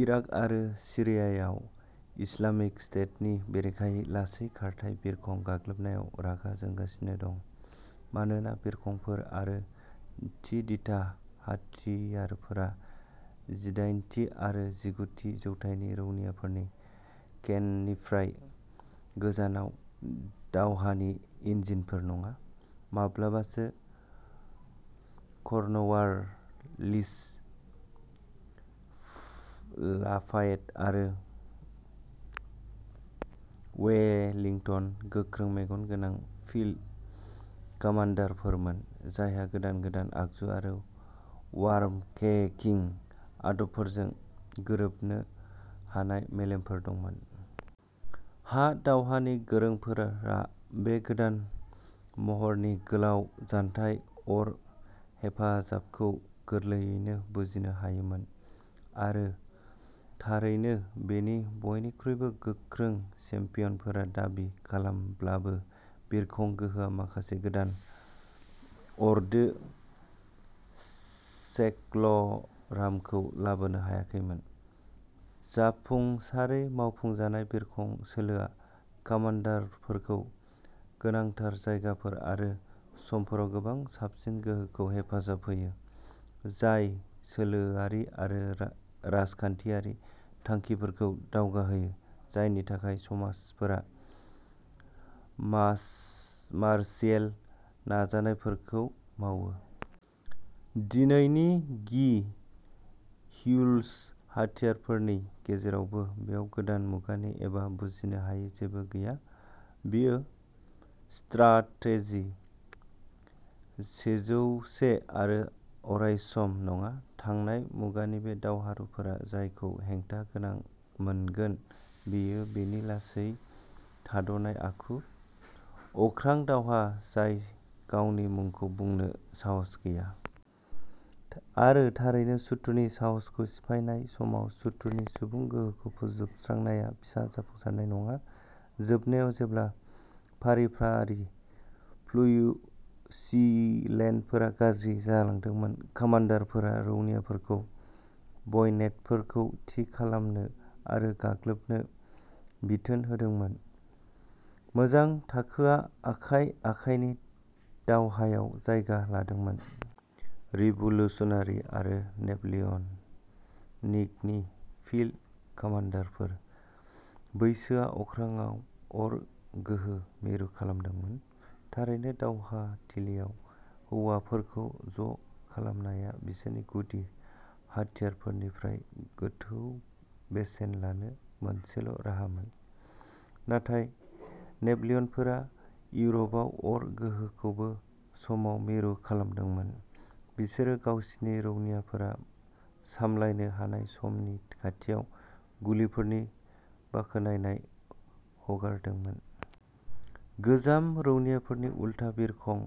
Iraq आरो सीरियायाव Islamic स्टेटनि बेरेखायै लासै खारथाय बिरखं गाग्लोबनायाव रागा जोंगासिनो दं। मानोना बिरखंफोर आरो थि-दिथा हाथियारफोरा जिदायेनथि आरो जिगुथि जौथाइनि रौनियाफोरनि केननिफ्राय गोजानाव दावहानि इन्जिनफोर नङा। माब्लाबासो कर्नवालिस, लाफायेट आरो वेलिंटनआ गोख्रों मेगन गोनां फील्ड कामान्डारफोरमोन, जायहा गोदान गोदान आगजु आरो वार्मकेकिं आदबफोरजों गोरोबनो हानाय मेलेमफोर दंमोन। हा दावहानि गोरोंफोरा बे गोदान महरनि गोलाव जानथाय अर हेफाजाबखौ गोरलैयैनो बुजिनो हायोमोन। आरो थारैनो, बेनि बयनिख्रुइबो गोख्रों चेम्पियनफोरा दाबि खालामब्लाबो, बिरखं गोहोआ माखासे गोदान अर्दो सेक्ल'रामखौ लाबोनो हायाखैमोन। जाफुंसारै मावफुंजानाय, बिरखं सोलोआ कामान्डारफोरखौ गोनांथार जायगाफोर आरो समफोराव गोबां साबसिन गोहोखौ हेफाजाब होयो, जाय सोलोआरि आरो राजखान्थियारि थांखिफोरखौ दावगाहोयो जायनि थाखाय समाजफोरा मार्च मार्शियेल नाजानायफोरखौ मावो। दिनैनि गि व्हिज हाथियारफोरनि गेजेरावबो, बेयाव गोदान मुगानि एबा बुजिनो हायै जेबो गैया। बेयो स्ट्राटेजि सेजौसे आरो अरायसम नङा थांनाय मुगानि बे दावहारुफोरा जायखौ हेंथा गोनां मोनगोन बेयो बेनि लासै, थाद'नाय आखु। अख्रां दावहा जाय गावनि मुंखौ बुंनो साहस गैया। आरो थारैनो, सुथुरनि साहसखौ सिफायनाय समाव सुथुरनि सुबुं गोहोखौ फोजोबस्रांनाया फिसा जाफुंसारनाय नङा। जोबनायाव, जेब्ला फारि-फारि फ्युसिलेडफोरा गाज्रि जालांदोंमोन, कामान्डारफोरा रौनियाफोरखौ बयनेटफोरखौ थि खालामनो आरो गाग्लोबनो बिथोन होदोंमोन। मोजां थाखोआ आखाइ-आखाइनि दावहायाव जायगा लादोंमोन। रिभ'ल्युश'नारि आरो नेप'लिय'निकनि फील्ड कामान्डारफोर। बैसोआ अख्राङाव अर गोहो मिरु खालामदोंमोन, थारैनो। दावहाथिलियाव हौवाफोरखौ ज'खालामनाया बिसोरनि गुदि हाथियारफोरनिफ्राय गोथौ बेसेन लानो मोनसेल' राहामोन। नाथाय नेप'लियनफोरा इउर'पआव अर गोहोखौबो समाव मिरु खालामदोंमोन। बिसोरो गावसिनि रौनियाफोरा सामलायनो हानाय समनि खाथियाव गुलिफोरनि बाख्नायनाय हगारदोंमोन। गोजाम रौनियाफोरनि उलथा, बिरखं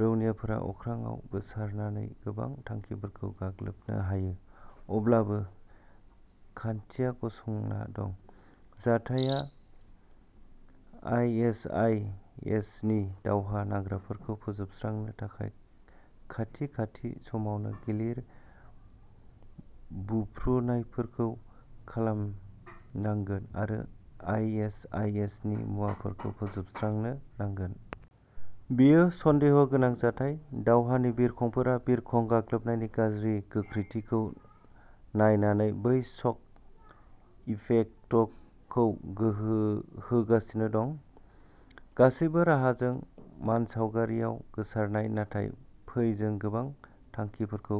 रौनियाफोरा अख्राङाव गोसारनानै गोबां थांखिफोरखौ गाग्लोबनो हायो। अब्लाबो खान्थिया गसंना दं। जथाइया आइ एस आइ एस नि दावहा नांग्राफोरखौ फोजोबस्रांनो थाखाय खाथि-खाथि समावनो गिलिर बुख्रुनायफोरखौ खालामनांगोन आरो आइ एस आइ एस नि मुवाफोरखौ फोजोबस्रांनो नांगोन। बेयो सन्देह गोनां जथाइ दावहानि बिरखंफोरा बिरखं गाग्लोबनायनि गाज्रि गोख्रैथिखौ नायनानै बै शक इफेक्टखौ गोहो होगासिनो दं। गासैबो राहाजों मानसावगारियाव गोसारनाय, नाथाय फै जों गोबां थांखिफोरखौ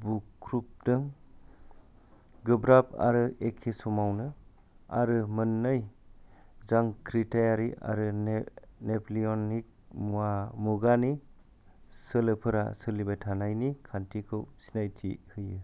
बुख्रुबदों, गोब्राब, आरो एखे समावनो। आरो मोननै, जांख्रिथायारि आरो नेप-नेप'लियनिक मुवा मुगानि सोलोफोरा सोलिबाय थानाय नि खान्थिखौ सिनायथि होयो।